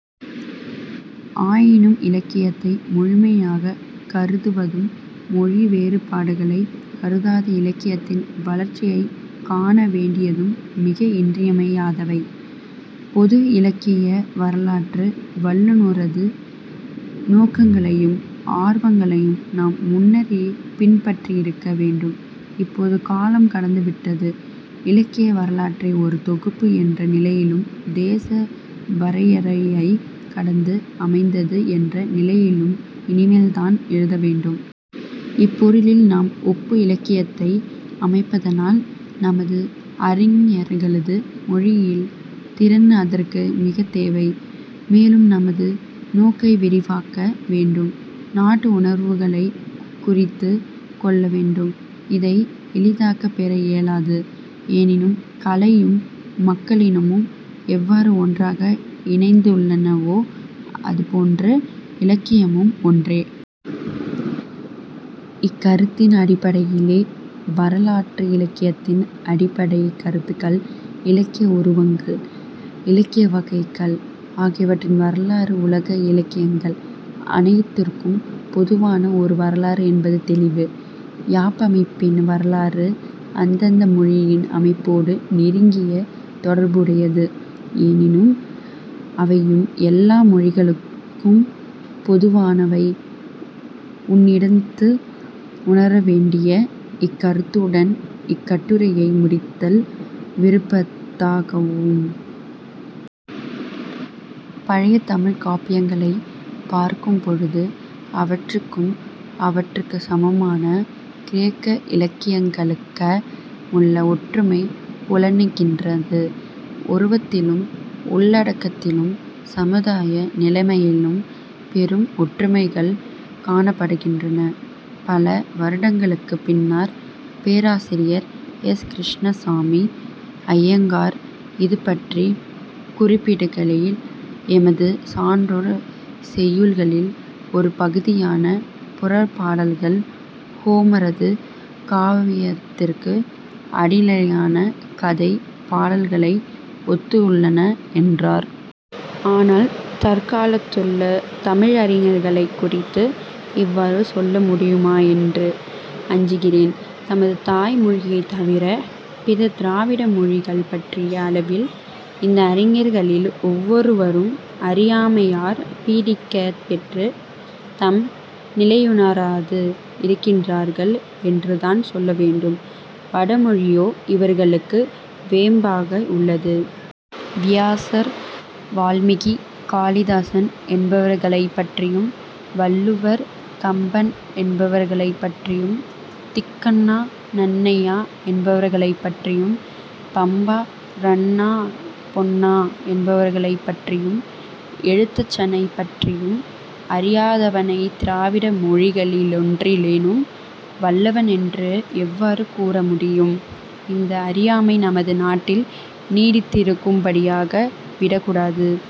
ஆயினும் இலக்கியத்தை முழுமையாகக் கருதுவதும் மொழி வேறுபாடுகளைக் கருதாது இலக்கியத்தின் வளர்ச்சியைக் காண வேண்டியதும் மிக இன்றியமையாதவை. பொது இலக்கிய வரலாற்று வல்லுநரது நோக்கங்களையும் ஆர்வங்களையும் நாம் முன்னரே பின்பற்றியிருக்க வேண்டும். இப்போது காலம் கடந்து விட்டது. இலக்கிய வரலாற்றை ஒரு தொகுப்பு என்ற நிலையிலும் தேச வரையறையைக் கடந்து அமைந்தது என்ற நிலையிலும் இனிமேல் தான் எழுத வேண்டும். இப்பொருளில் நாம் ஒப்பு இலக்கியத்தை அமைப்பதனால் நமது அறிஞர்களது மொழியியல் திறன் அதற்கு மிகத் தேவை. மேலும் நமது நோக்கை விரிவாக்க வேண்டும். நாட்டு உணர்வுகளைக் குறைத்துக் கொள்ள வேண்டும். இதை எளிதாகப் பெற இயலாது. எனினும் கலையும் மக்களினமும் எவ்வாறு ஒன்றாக இணைந்துள்ளனவோ அது போன்று இலக்கியமும் ஒன்றே. இக்கருத்தின் அடிப்படையிலே வரலாற்று இலக்கியத்தின் அடிப்படைக் கருத்துக்கள், இலக்கிய உருவங்கள், இலக்கிய வகைகள் ஆகியவற்றின் வரலாறு உலக இலக்கியங்கள் அனைத்திற்கும் பொதுவான ஒரு வரலாறு என்பது தௌிவு. யாப்பமைப்பின் வரலாறு அந்தந்த மொழியின் அமைப்போடு நெருங்கிய தொடர்புடையது. எனினும் அவையும் எல்லா மொழிகளுக்கும் பொதுவானவை.... " உன்னிடத்து உணர வேண்டிய இக்கருத்துடன் இக்கட்டுரையை முடித்தல் விரும்பத்தக்கதாகும். "பழைய தமிழ்க் காப்பியங்களைப் பார்க்கும் பொழுது, அவற்றுக்கும் அவற்றிற்குச் சமமான கிரேக்க இலக்கியங்களுக்க முள்ள ஒற்றுமை புலனாகின்றது. உருவத்திலும், உள்ளடக்கத்திலும், சமுதாய நிலைமையிலும் பெரும் ஒற்றுமைகள் காணப்படுகின்றன. " பல வருடங்களுக்குப் பின்னர் பேராசிாியர் எஸ். கிருஷ்ணசாமி ஐயங்கார் இதுபற்றிக் குறிப்பிடுகையில், எமது சான்றோர் செய்யுள்களில் ஒரு பகுதியான புறப்பாடல்கள் ஹோமரது காவியத்திற்கு அடிநிலையான கதைப் பாடல்களை ஒத்துள்ளன என்றார். ஆனால், தற்காலத்துள்ள தமிழறிஞர்களைக் குறித்து இவ்வாறு சொல்ல முடியுமாதென்று அஞ்சுகிறேன். தமது தாய் மொழியைத் தவிர, பிற திராவிட மொழிகள் பற்றிய அளவில், இந்த அறிஞர்களில் ஒவ்வொருவரும் அறியாமையாற் பீடிக்கப் பெற்று, தம் நிலையுணராது இருக்கின்றார்கள் என்றுதான் சொல்ல வேண்டும். வட மொழியோ இவர்களுக்கு வேம்பாக உள்ளது. வியாசர், வால்மீகி, காளிதாசன் என்பவர்களைப் பற்றியும், வள்ளுவர், கம்பன் என்பவர்களைப் பற்றியும், திக்கண்ணா, நன்னய்யா என்பவர்களைப் பற்றியும், பம்பா, ரன்னா, பொன்னா என்பவர்களைப் பற்றியும், எழுத்தச்சனைப் பற்றியும், அறியாதவனைத் திராவிட மொழிகளிலொன்றிலேனும் வல்லவனென்று எவ்வாறு கூற முடியும்? இந்த அறியாமை நமது நாட்டில் நீடித்திருக்கும்படியாக விடக்கூடாது.